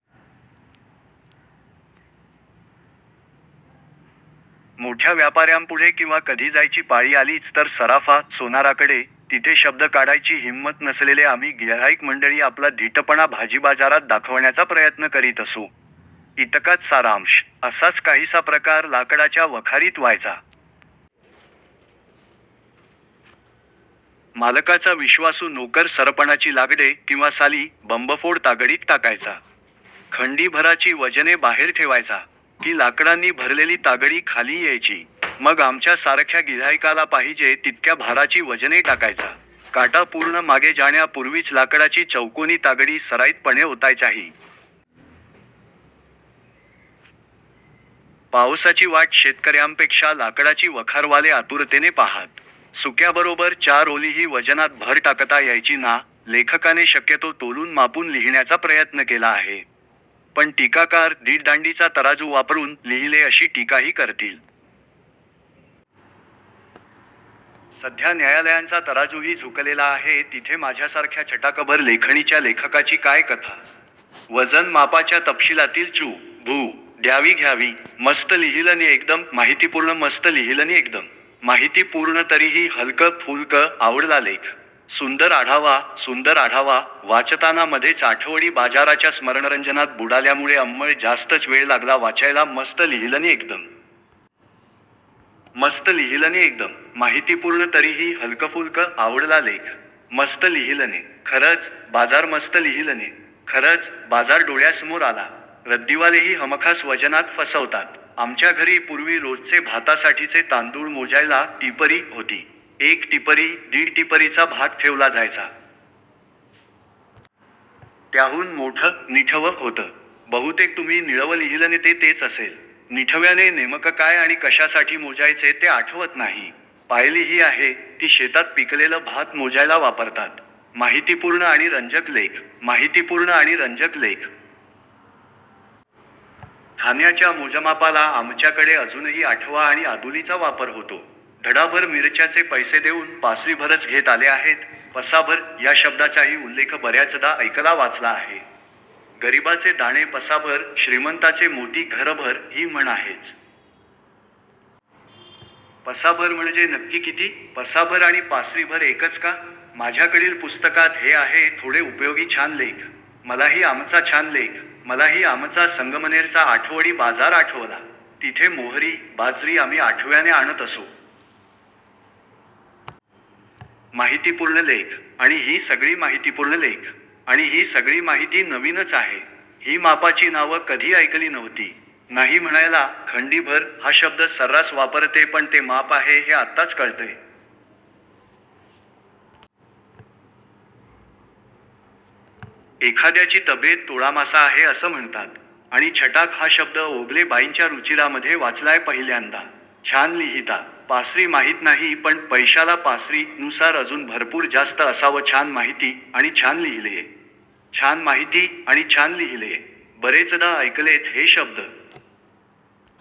मोठ्या व्यापाऱ्यांपुढे किंवा कधी जायची पाळी आलीच तर सराफा- सोनाराकडे, तिथे शब्द काढायची हिंमत नसलेले आम्ही गिऱ्हाईक मंडळी आपला धीटपणा भाजीबाजारात दाखवण्याचा प्रयत्न करीत असू. इतकाच सारांश. असाच काहीसा प्रकार लाकडाच्या वखारीत व्हायचा. मालकाचा विश्वासू नोकर सरपणाची लाकडे, किंवा साली, बंबफोड तागडीत टाकायचा. खंडी भराची वजने बाहेर ठेवायचा. की लाकडांनी भरलेली तागडी खाली यायची. मग आमच्या सारख्या गिऱ्हाईकाला पाहिजे तितक्या भाराची वजने टाकायचा. काटा पूर्ण मागे जाण्या पूर्वीच लाकडाची चौकोनी तागडी सराईत पणे ओतायचाही! पावसाची वाट शेतकऱ्यांपेक्षा लाकडाची वखारवाले आतुरतेने पाहात. सुक्याबरोबर चार ओलीही वजनात भर टाकता यायची नां, लेखकाने शक्यतो तोलून मापून लिहिण्याचा प्रयत्न केला आहे. पण टीकाकार 'दीड दांडीचा तराजू वापरून' लिहिले अशी टीकाही करतील. सध्या न्यायालयांचा तराजूही झुकलेला आहे तिथे माझ्यासारख्या छटाकभर लेखणीच्या लेखकाची काय कथा! वजन मापाच्या तपशीलातील चु. भू. द्यावी घ्यावी! मस्त लिहिलंय एकदम-माहितीपूर्ण मस्त लिहिलंय एकदम.. माहिती पूर्ण तरीही हलकं-फुलकं, आवडला लेख. सुंदर आढावा, सुंदर आढावा, वाचताना मधेच आठवडी बाजाराच्या स्मरणरंजनात बुडाल्यामुळे अंमळ जास्तच वेळ लागला वाचायला मस्त लिहिलंय एकदम. मस्त लिहिलंय एकदम.. माहितीपूर्ण तरीही हलकंफुलकं, आवडला लेख. मस्त लिहिलंय! खरंच, बाजार मस्त लिहिलंय! खरंच, बाजार डोळ्यासमोर आला. रद्दीवालेही हमखास वजनात फसवतात. आमच्या घरी पूर्वी रोजचे भातासाठीचे तांदूळ मोजायला 'टिपरी' होती. एक टिपरी, दीड टिपरीचा भात ठेवला जायचा. त्याहून मोठं 'निठवं' होतं. बहुतेक तुम्ही निळवं लिहिलंय ते तेच असेल. निठव्याने नेमकं काय आणि कशासाठी मोजायचे ते आठवत नाही. पायलीही आहे. ती शेतात पिकलेलं भात मोजायला वापरतात. माहितीपूर्ण आणि रंजक लेख! माहितीपूर्ण आणि रंजक लेख! धान्याच्या मोजमापाला आमच्याकडे अजूनही आठवा आणि आदुलीचा वापर होतो. धडाभर मिरच्याचे पैसे देऊन पासरीभरच घेत आले आहेत 'पसाभर' या शब्दाचाही उल्लेख बऱ्याचदा ऐकला वाचला आहे. 'गरीबाचे दाणे पसाभर, श्रीमंताचे मोती घरभर' ही म्हण आहेच. पसाभर म्हणजे नक्की किती? पसाभर आणि पासरीभर एकच का? माझ्याकडील पुस्तकात हे आहे थोडे उपयोगी छान लेख!!! मलाही आमचा छान लेख!!! मलाही आमचा संगमनेर चा आठवडी बाजार आठवला. तिथे मोहरी, बाजरी आम्ही आठव्याने आणत असू. माहितीपुर्ण लेख. आणि हि सगळी माहितीपुर्ण लेख. आणि हि सगळी माहिती नवीनच आहे. हि मापाची नावं कधी ऐकली नव्हती. नाही म्हणायला "खंडीभर " हा शब्द सर्रास वापरते पण ते माप आहे हे आत्ताच कळतंय. एखाद्या ची तब्येत तोळामासा आहे असं म्हणतात. आणि छटाक हा शब्द ओगले बाईंच्या रूचिरामध्ये वाचलाय पहिल्यांदा. छान लिहीता. पासरी माहीत नाही पण 'पैशाला पासरी' नुसार अजून भरपूर जास्त असावं छान माहिती, आणि छान लिहीलेय. छान माहिती, आणि छान लिहीलेय.. बरेचदा ऐकलेत हे शब्द,